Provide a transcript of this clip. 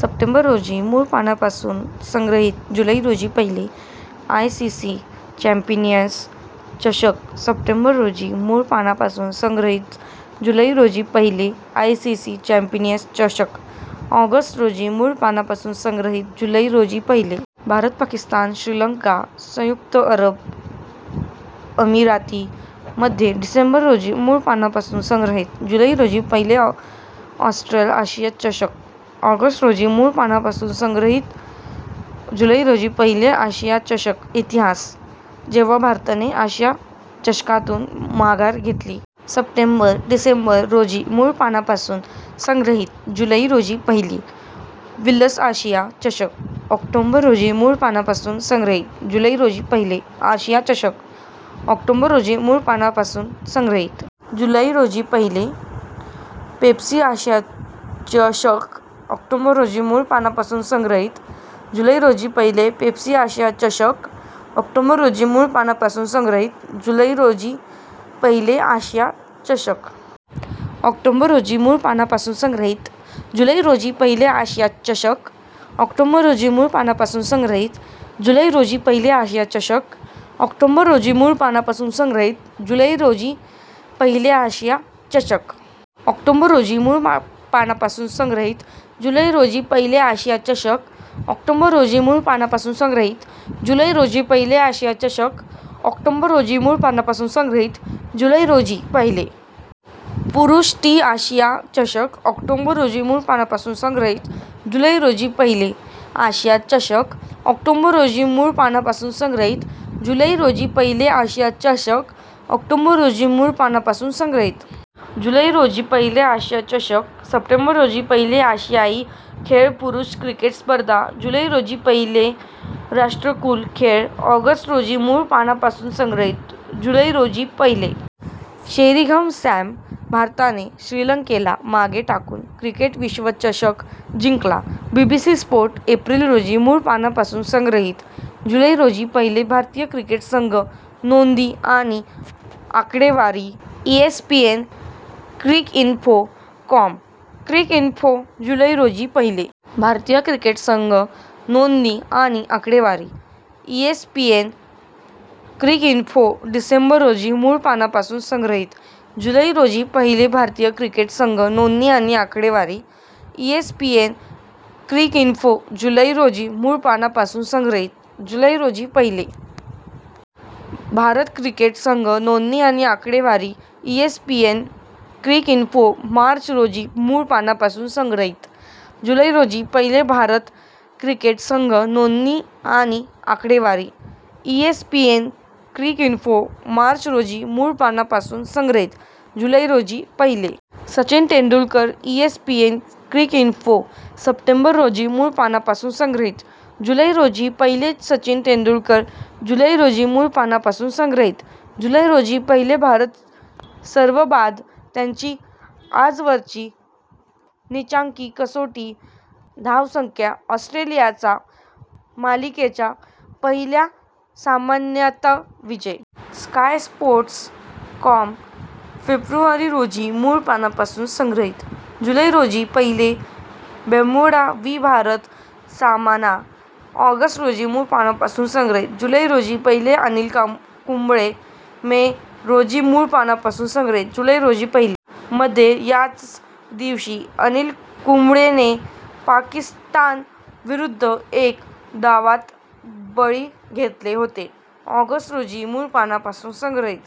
September रोजी मूळ पानापासून संग्रहित. जुलै रोजी पाहिले. ^ "आयसीसी चॅम्पियन्स चषक ". सप्टेंबर रोजी मूळ पानापासून संग्रहित. जुलै रोजी पाहिले. ^ "आयसीसी चॅम्पियन्स चषक ". ऑगस्ट रोजी मूळ पानापासून संग्रहित. जुलै रोजी पाहिले. ^ "भारत, पाकिस्तान, श्रीलंका, संयुक्त अरब अमीराती, मध्ये". डिसेंबर रोजी मूळ पानापासून संग्रहित. जुलै रोजी पाहिले. ^ "ऑस्ट्रल-आशिया चषक /". ऑगस्ट रोजी मूळ पानापासून संग्रहित. जुलै रोजी पाहिले. ^ "आशिया चषक इतिहास: जेव्हा भारताने आशिया चषकातून माघार घेतली". सप्टेंबर. डिसेंबर रोजी मूळ पानापासून संग्रहित. जुलै रोजी पाहिले. ^ "विल्स आशिया चषक /". ऑक्टोबर रोजी मूळ पानापासून संग्रहित. जुलै रोजी पाहिले. ^ "आशिया चषक /". ऑक्टोबर रोजी मूळ पानापासून संग्रहित. जुलै रोजी पाहिले. ^ "पेप्सी आशिया चषक /". ऑक्टोबर रोजी मूळ पानापासून संग्रहित. जुलै रोजी पाहिले. ^ "पेप्सी आशिया चषक ". ऑक्टोबर रोजी मूळ पानापासून संग्रहित. जुलै रोजी पाहिले. ^" आशिया चषक". ऑक्टोबर रोजी मूळ पानापासून संग्रहित. जुलै रोजी पाहिले. ^" आशिया चषक". ऑक्टोबर रोजी मूळ पानापासून संग्रहित. जुलै रोजी पाहिले. ^" आशिया चषक". ऑक्टोबर रोजी मूळ पानापासून संग्रहित. जुलै रोजी पाहिले. ^" आशिया चषक". ऑक्टोबर रोजी मूळ पानापासून संग्रहित. जुलै रोजी पाहिले. ^ "आशिया चषक /". ऑक्टोबर रोजी मूळ पानापासून संग्रहित. जुलै रोजी पाहिले. ^" आशिया चषक". ऑक्टोबर रोजी मूळ पानापासून संग्रहित. जुलै रोजी पाहिले. ^ "पुरुष टी आशिया चषक /". ऑक्टोबर रोजी मूळ पानापासून संग्रहित. जुलै रोजी पाहिले. ^" आशिया चषक". ऑक्टोबर रोजी मूळ पानापासून संग्रहित. जुलै रोजी पाहिले. ^" आशिया चषक". ऑक्टोबर रोजी मूळ पानापासून संग्रहित. जुलै रोजी पाहिले. ^ "आशिया चषक ". सप्टेंबर रोजी पाहिले. ^ "आशियाई खेळ पुरुष क्रिकेट स्पर्धा ". जुलै रोजी पाहिले. ^ "राष्ट्रकुल खेळ /". ऑगस्ट रोजी मूळ पानापासून संग्रहित. जुलै रोजी पाहिले. ^ शेरिंघम, सॅम. "भारताने श्रीलंकेला मागे टाकून क्रिकेट विश्वचषक जिंकला". BBC sport. एप्रिल रोजी मूळ पानापासून संग्रहित. जुलै रोजी पाहिले. ^ "भारतीय क्रिकेट संघ नोंदी आणि आकडेवारी ईएसपीएनक्रिकइन्फो. कॉम". क्रिकइन्फो. जुलै रोजी पाहिले. ^ "भारतीय क्रिकेट संघ नोंदी आणि आकडेवारी". ESPN Cricinfo. डिसेंबर रोजी मूळ पानापासून संग्रहित. जुलै रोजी पाहिले. ^ "भारतीय क्रिकेट संघ नोंदी आणि आकडेवारी". ESPN Cricinfo. जुलै रोजी मूळ पानापासून संग्रहित. जुलै रोजी पाहिले. ^ "भारत क्रिकेट संघ नोंदी आणि आकडेवारी". ESPN Cricinfo. मार्च रोजी मूळ पानापासून संग्रहित. जुलै रोजी पाहिले. ^ "भारत क्रिकेट संघ नोंदी आणि आकडेवारी". ESPN Cricinfo. मार्च रोजी मूळ पानापासून संग्रहित. जुलै रोजी पाहिले. ^ "सचिन तेंडुलकर". ESPN Cricinfo. सप्टेंबर रोजी मूळ पान पासून संग्रहित. जुलै रोजी पाहिले. ^ "सचिन तेंडुलकर:. ". जुलै रोजी मूळ पानापासून संग्रहित. जुलै रोजी पाहिले. ^ "भारत सर्वबाद - त्यांची आजवरची नीचांकी कसोटी धावसंख्या ऑस्ट्रेलियाचा मालिकेच्या पहिल्या सामन्यात विजय". स्कायस्पोर्ट्स. कॉम. फेब्रुवारी रोजी मूळ पानापासून संग्रहित. जुलै रोजी पाहिले. ^ "बर्म्युडा वि भारत सामना ". ऑगस्ट रोजी मूळ पानापासून संग्रहित. जुलै रोजी पाहिले. ^ "अनिल कुंबळे". मे रोजी मूळ पानापासून संग्रहित. जुलै रोजी पाहिले. ^" मध्ये याच दिवशी अनिल कुंबळेने पाकिस्तानविरुद्ध एका डावात बळी घेतले होते". ऑगस्ट रोजी मूळ पानापासून संग्रहित.